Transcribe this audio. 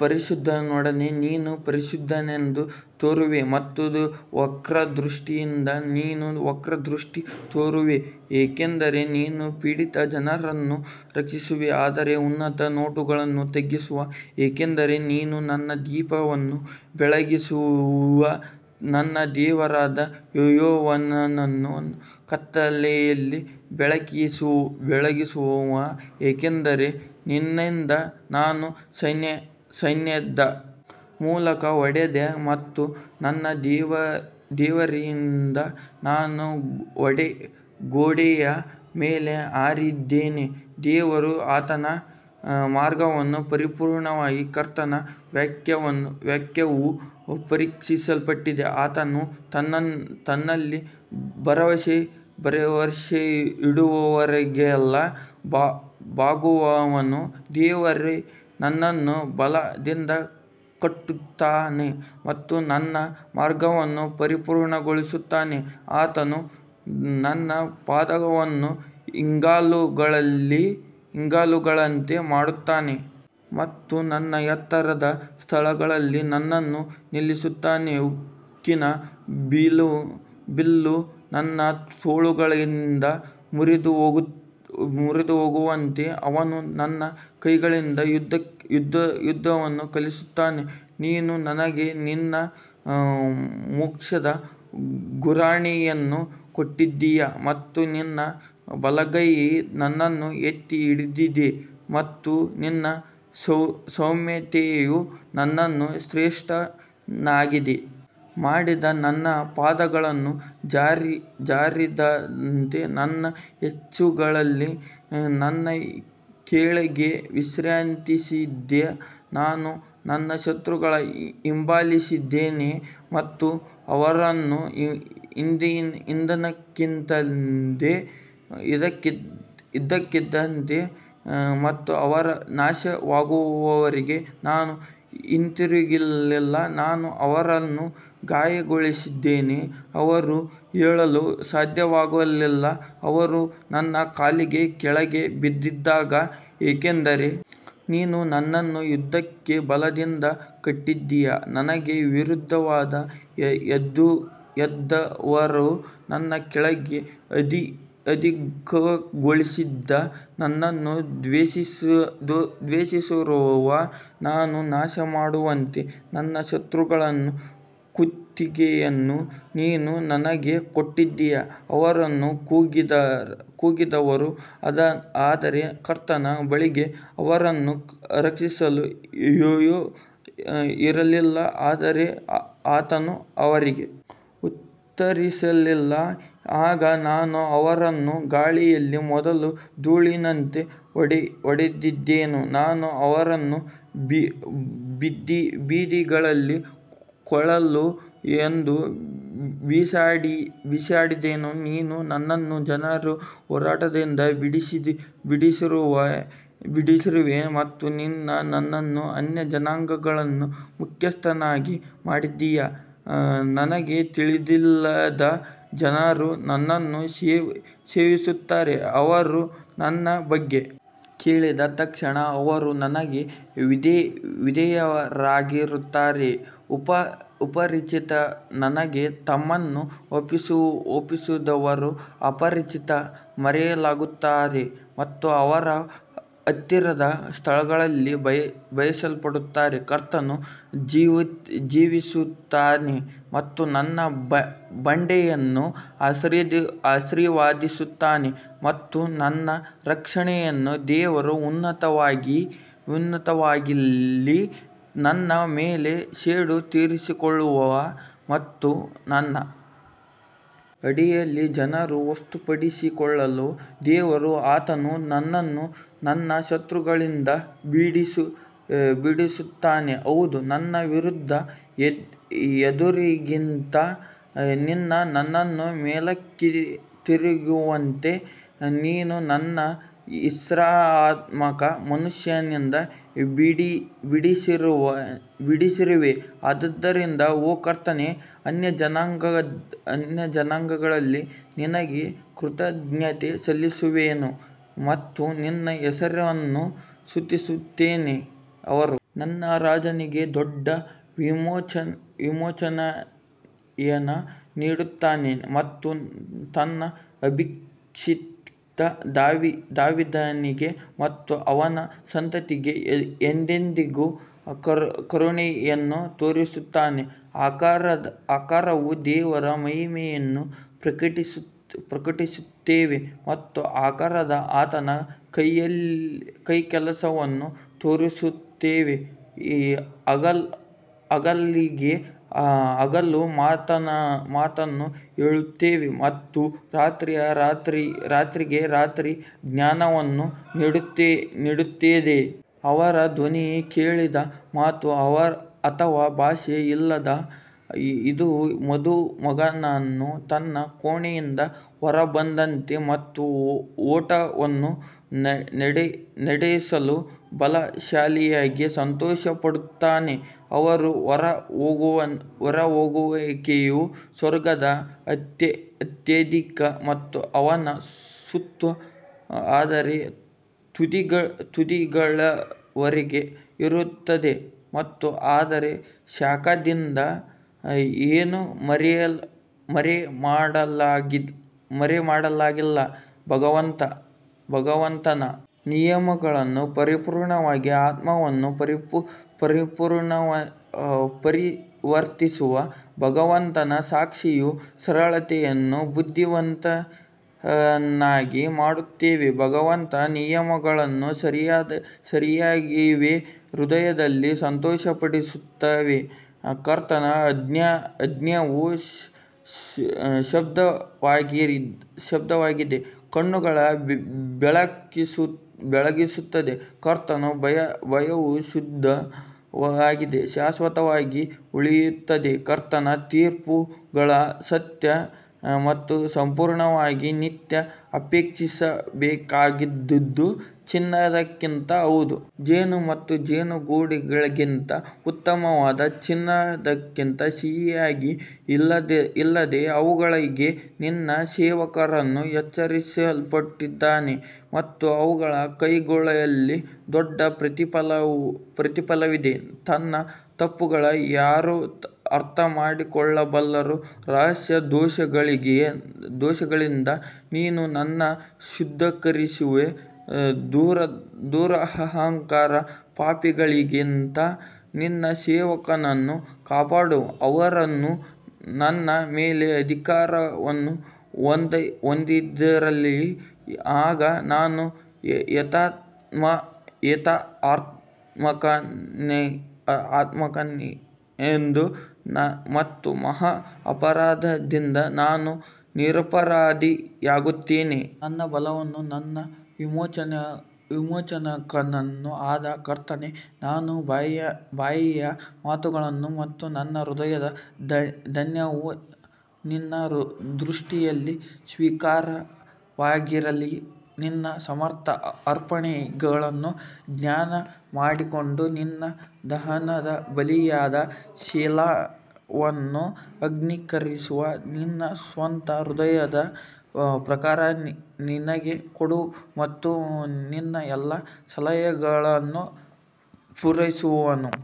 ಪರಿಶುದ್ಧನೊಡನೆ ನೀನು ಪರಿಶುದ್ಧನೆಂದು ತೋರುವೆ ಮತ್ತು ವಕ್ರದೃಷ್ಟಿಯಿಂದ ನೀನು ವಕ್ರದೃಷ್ಟಿ ತೋರುವೆ ಯಾಕಂದರೆ ನೀನು ಪೀಡಿತ ಜನರನ್ನು ರಕ್ಷಿಸುವಿ ಆದರೆ ಉನ್ನತ ನೋಟವನ್ನು ತಗ್ಗಿಸುವೆ ಯಾಕಂದರೆ ನೀನು ನನ್ನ ದೀಪವನ್ನು ಬೆಳಗಿಸುವಿಯು ನನ್ನ ದೇವರಾದ ಯೆಹೋವನು ನನ್ನ ಕತ್ತಲೆಯನ್ನು ಬೆಳಗಿಸುವನು ಯಾಕಂದರೆ ನಿನ್ನಿಂದ ನಾನು ಸೈನ್ಯದ ಮೂಲಕ ಓಡಿದೆ ಮತ್ತು ನನ್ನ ದೇವರಿಂದ ನಾನು ಗೋಡೆಯ ಮೇಲೆ ಹಾರಿದ್ದೇನೆ ದೇವರಿಗೆ ಆತನ ಮಾರ್ಗವು ಪರಿಪೂರ್ಣವಾಗಿದೆ ಕರ್ತನ ವಾಕ್ಯವು ಪರೀಕ್ಷಿಸಲ್ಪಟ್ಟಿದೆ, ಆತನು ತನ್ನಲ್ಲಿ ಭರವಸೆಯಿಡುವವರಿಗೆಲ್ಲ ಬಾಗುವನು ದೇವರೇ ನನ್ನನ್ನು ಬಲದಿಂದ ಕಟ್ಟುತ್ತಾನೆ ಮತ್ತು ನನ್ನ ಮಾರ್ಗವನ್ನು ಪರಿಪೂರ್ಣಗೊಳಿಸುತ್ತಾನೆ ಆತನು ನನ್ನ ಪಾದಗಳನ್ನು ಹಿಂಗಾಲುಗಳಂತೆ ಮಾಡುತ್ತಾನೆ ಮತ್ತು ನನ್ನ ಎತ್ತರದ ಸ್ಥಳಗಳಲ್ಲಿ ನನ್ನನ್ನು ನಿಲ್ಲಿಸುತ್ತಾನೆ ಉಕ್ಕಿನ ಬಿಲ್ಲು ನನ್ನ ತೋಳುಗಳಿಂದ ಮುರಿದುಹೋಗುವಂತೆ ಅವನು ನನ್ನ ಕೈಗಳಿಗೆ ಯುದ್ಧವನ್ನು ಕಲಿಸುತ್ತಾನೆ ನೀನು ನನಗೆ ನಿನ್ನ ಮೋಕ್ಷದ ಗುರಾಣಿಯನ್ನು ಕೊಟ್ಟಿದ್ದೀ ಮತ್ತು ನಿನ್ನ ಬಲಗೈಯು ನನ್ನನ್ನು ಎತ್ತಿ ಹಿಡಿದಿದೆ ಮತ್ತು ನಿನ್ನ ಸೌಮ್ಯತೆಯು ನನ್ನನ್ನು ಶ್ರೇಷ್ಠನನ್ನಾಗಿ ಮಾಡಿದೆ ನನ್ನ ಪಾದಗಳು ಜಾರದಂತೆ ನನ್ನ ಹೆಜ್ಜೆಗಳನ್ನು ನನ್ನ ಕೆಳಗೆ ವಿಸ್ತರಿಸಿದ್ದೀ ನಾನು ನನ್ನ ಶತ್ರುಗಳನ್ನು ಹಿಂಬಾಲಿಸಿದ್ದೇನೆ ಮತ್ತು ಅವರನ್ನು ಹಿಂದಿಕ್ಕಿದ್ದೇನೆ ಮತ್ತು ಅವರು ನಾಶವಾಗುವವರೆಗೂ ನಾನು ಹಿಂತಿರುಗಲಿಲ್ಲ ನಾನು ಅವರನ್ನು ಗಾಯಗೊಳಿಸಿದ್ದೇನೆ, ಅವರು ಏಳಲು ಸಾಧ್ಯವಾಗಲಿಲ್ಲ, ಅವರು ನನ್ನ ಕಾಲಿನ ಕೆಳಗೆ ಬಿದ್ದಿದ್ದಾರೆ ಯಾಕಂದರೆ ನೀನು ನನ್ನನ್ನು ಯುದ್ಧಕ್ಕೆ ಬಲದಿಂದ ಕಟ್ಟಿದ್ದೀ, ನನಗೆ ವಿರುದ್ಧವಾಗಿ ಎದ್ದವರನ್ನು ನನ್ನ ಕೆಳಗೆ ಅಧೀನಗೊಳಿಸಿದ್ದೀ ನನ್ನನ್ನು ದ್ವೇಷಿಸುವವರನ್ನು ನಾನು ನಾಶಮಾಡುವಂತೆ ನನ್ನ ಶತ್ರುಗಳ ಕುತ್ತಿಗೆಯನ್ನೂ ನೀನು ನನಗೆ ಕೊಟ್ಟಿದ್ದೀ ಅವರು ಕೂಗಿದರು ಆದರೆ ಕರ್ತನ ಬಳಿಗೆ ಅವರನ್ನು ರಕ್ಷಿಸಲು ಯಾರೂ ಇರಲಿಲ್ಲ ಆದರೆ ಆತನು ಅವರಿಗೆ ಉತ್ತರಿಸಲಿಲ್ಲ ಆಗ ನಾನು ಅವರನ್ನು ಗಾಳಿಯ ಮೊದಲು ಧೂಳಿನಂತೆ ಹೊಡೆದೆನು, ನಾನು ಅವರನ್ನು ಬೀದಿಗಳಲ್ಲಿ ಕೊಳಕು ಎಂದು ಬಿಸಾಡಿದೆನು ನೀನು ನನ್ನನ್ನು ಜನರ ಹೋರಾಟದಿಂದ ಬಿಡಿಸಿರುವೆ ಮತ್ತು ನೀನು ನನ್ನನ್ನು ಅನ್ಯಜನಾಂಗಗಳ ಮುಖ್ಯಸ್ಥನನ್ನಾಗಿ ಮಾಡಿದ್ದೀ, ನನಗೆ ತಿಳಿದಿಲ್ಲದ ಜನರು ನನ್ನನ್ನು ಸೇವಿಸುತ್ತಾರೆ ಅವರು ನನ್ನ ಬಗ್ಗೆ ಕೇಳಿದ ತಕ್ಷಣ ಅವರು ನನಗೆ ವಿಧೇಯರಾಗುತ್ತಾರೆ ಅಪರಿಚಿತರು ನನಗೆ ತಮ್ಮನ್ನು ಒಪ್ಪಿಸುವರು ಅಪರಿಚಿತರು ಮರೆಯಾಗುತ್ತಾರೆ ಮತ್ತು ಅವರ ಹತ್ತಿರದ ಸ್ಥಳಗಳಿಂದ ಭಯಪಡುತ್ತಾರೆ ಕರ್ತನು ಜೀವಿಸುತ್ತಾನೆ ಮತ್ತು ನನ್ನ ಬಂಡೆಯನ್ನು ಆಶೀರ್ವದಿಸುತ್ತಾನೆ ಮತ್ತು ನನ್ನ ರಕ್ಷಣೆಯ ದೇವರು ಉನ್ನತವಾಗಲಿ ನನ್ನ ಮೇಲೆ ಸೇಡು ತೀರಿಸಿಕೊಳ್ಳುವ ಮತ್ತು ನನ್ನ ಅಡಿಯಲ್ಲಿ ಜನರನ್ನು ವಶಪಡಿಸಿಕೊಳ್ಳುವ ದೇವರು ಆತನು ನನ್ನನ್ನು ನನ್ನ ಶತ್ರುಗಳಿಂದ ಬಿಡಿಸುತ್ತಾನೆ, ಹೌದು ನನ್ನ ವಿರುದ್ಧ ಎದ್ದವರಿಗಿಂತ ನೀನು ನನ್ನನ್ನು ಮೇಲಕ್ಕೆತ್ತಿರುವೆ, ನೀನು ನನ್ನನ್ನು ಹಿಂಸಾತ್ಮಕ ಮನುಷ್ಯನಿಂದ ಬಿಡಿಸಿರುವೆ ಆದದರಿಂದ ಓ ಕರ್ತನೇ ಅನ್ಯಜನಾಂಗಗಳಲ್ಲಿ ನಿನಗೆ ಕೃತಜ್ಞತೆ ಸಲ್ಲಿಸುವೆನು ಮತ್ತು ನಿನ್ನ ಹೆಸರನ್ನು ಸ್ತುತಿಸುತ್ತೇನೆ ಅವನು ತನ್ನ ರಾಜನಿಗೆ ದೊಡ್ಡ ವಿಮೋಚನೆಯನ್ನು ನೀಡುತ್ತಾನೆ ಮತ್ತು ತನ್ನ ಅಭಿಷಿಕ್ತ ದಾವೀದನಿಗೆ ಮತ್ತು ಅವನ ಸಂತತಿಗೆ ಎಂದೆಂದಿಗೂ ಕರುಣೆಯನ್ನು ತೋರಿಸುತ್ತಾನೆ ಆಕಾಶವು ದೇವರ ಮಹಿಮೆಯನ್ನು ಪ್ರಕಟಿಸುತ್ತದೆ ಮತ್ತು ಆಕಾಶವು ಆತನ ಕೈಕೆಲಸವನ್ನು ತೋರಿಸುತ್ತದೆ ಹಗಲಿಗೆ ಹಗಲು ಮಾತನ್ನು ಹೇಳುತ್ತದೆ ಮತ್ತು ರಾತ್ರಿಗೆ ರಾತ್ರಿ ಜ್ಞಾನವನ್ನು ನೀಡುತ್ತದೆ ಅವರ ಧ್ವನಿ ಕೇಳದ ಮಾತು ಅಥವಾ ಭಾಷೆ ಇಲ್ಲ ಇದು ಮದುಮಗನು ತನ್ನ ಕೋಣೆಯಿಂದ ಹೊರಬಂದಂತೆ ಮತ್ತು ಓಟವನ್ನು ನಡೆಸಲು ಬಲಶಾಲಿಯಾಗಿ ಸಂತೋಷಪಡುತ್ತಾನೆ ಅವನ ಹೊರಹೋಗುವಿಕೆಯು ಸ್ವರ್ಗದ ಅಂತ್ಯದಿಂದ ಮತ್ತು ಅವನ ಸುತ್ತು ಅದರ ತುದಿಗಳವರೆಗೆ ಇರುತ್ತದೆ ಮತ್ತು ಅದರ ಶಾಖದಿಂದ ಏನೂ ಮರೆಮಾಡಲಾಗಿಲ್ಲ ಭಗವಂತನ ನಿಯಮವು ಪರಿಪೂರ್ಣವಾಗಿದೆ ಆತ್ಮವನ್ನು ಪರಿವರ್ತಿಸುತ್ತದೆ, ಭಗವಂತನ ಸಾಕ್ಷಿಯು ಸರಳರನ್ನು ಬುದ್ಧಿವಂತರನ್ನಾಗಿ ಮಾಡುತ್ತದೆ ಭಗವಂತನ ನಿಯಮಗಳು ಸರಿಯಾಗಿವೆ ಹೃದಯವನ್ನು ಸಂತೋಷಪಡಿಸುತ್ತದೆ ಕರ್ತನ ಆಜ್ಞೆಯು ಶುದ್ಧವಾಗಿದೆ ಕಣ್ಣುಗಳನ್ನು ಬೆಳಗಿಸುತ್ತದೆ ಕರ್ತನ ಭಯವು ಶುದ್ಧವಾಗಿದೆ ಶಾಶ್ವತವಾಗಿ ಉಳಿಯುತ್ತದೆ ಕರ್ತನ ತೀರ್ಪುಗಳು ಸತ್ಯ ಮತ್ತು ಸಂಪೂರ್ಣವಾಗಿ ನೀತಿ ಅಪೇಕ್ಷಿಸಬೇಕಾದದ್ದು ಚಿನ್ನಕ್ಕಿಂತ ಹೌದು, ಜೇನು ಮತ್ತು ಜೇನುಗೂಡುಗಳಿಗಿಂತ ಉತ್ತಮವಾದ ಚಿನ್ನಕ್ಕಿಂತ ಸಿಹಿಯಾಗಿದೆ ಇದಲ್ಲದೆ ಅವುಗಳಿಂದ ನಿನ್ನ ಸೇವಕನು ಎಚ್ಚರಿಸಲ್ಪಟ್ಟಿದ್ದಾನೆ ಮತ್ತು ಅವುಗಳನ್ನು ಕೈಕೊಳ್ಳುವಲ್ಲಿ ದೊಡ್ಡ ಪ್ರತಿಫಲವಿದೆ ತನ್ನ ತಪ್ಪುಗಳನ್ನು ಯಾರು ಅರ್ಥಮಾಡಿಕೊಳ್ಳಬಲ್ಲರು, ರಹಸ್ಯ ದೋಷಗಳಿಂದ ನೀನು ನನ್ನನ್ನು ಶುದ್ಧೀಕರಿಸು ದುರಹಂಕಾರದ ಪಾಪಗಳಿಂದ ನಿನ್ನ ಸೇವಕನನ್ನು ಕಾಪಾಡು, ಅವರು ನನ್ನ ಮೇಲೆ ಅಧಿಕಾರವನ್ನು ಹೊಂದದಿರಲಿ, ಆಗ ನಾನು ಯಥಾರ್ಥನಾಗಿರುತ್ತೇನೆ ಮತ್ತು ಮಹಾ ಅಪರಾಧದಿಂದ ನಾನು ನಿರಪರಾಧಿಯಾಗುತ್ತೇನೆ. ನನ್ನ ಬಲವೂ ನನ್ನ ವಿಮೋಚಕನೂ ಆದ ಕರ್ತನೇ, ನನ್ನ ಬಾಯಿಯ ಮಾತುಗಳು ಮತ್ತು ನನ್ನ ಹೃದಯದ ಧ್ಯಾನವು ನಿನ್ನ ದೃಷ್ಟಿಯಲ್ಲಿ ಸ್ವೀಕಾರಾರ್ಹವಾಗಿರಲಿ ನಿನ್ನ ಸಮಸ್ತ ಅರ್ಪಣೆಗಳನ್ನು ಜ್ಞಾಪಕಮಾಡಿಕೊಂಡು ನಿನ್ನ ದಹನಬಲಿಯಾದ ಸೆಲಾವನ್ನು ಅಂಗೀಕರಿಸು ನಿನ್ನ ಸ್ವಂತ ಹೃದಯದ ಪ್ರಕಾರ ನಿನಗೆ ಕೊಡು ಮತ್ತು ನಿನ್ನ ಎಲ್ಲಾ ಸಲಹೆಗಳನ್ನು ಪೂರೈಸುವನು.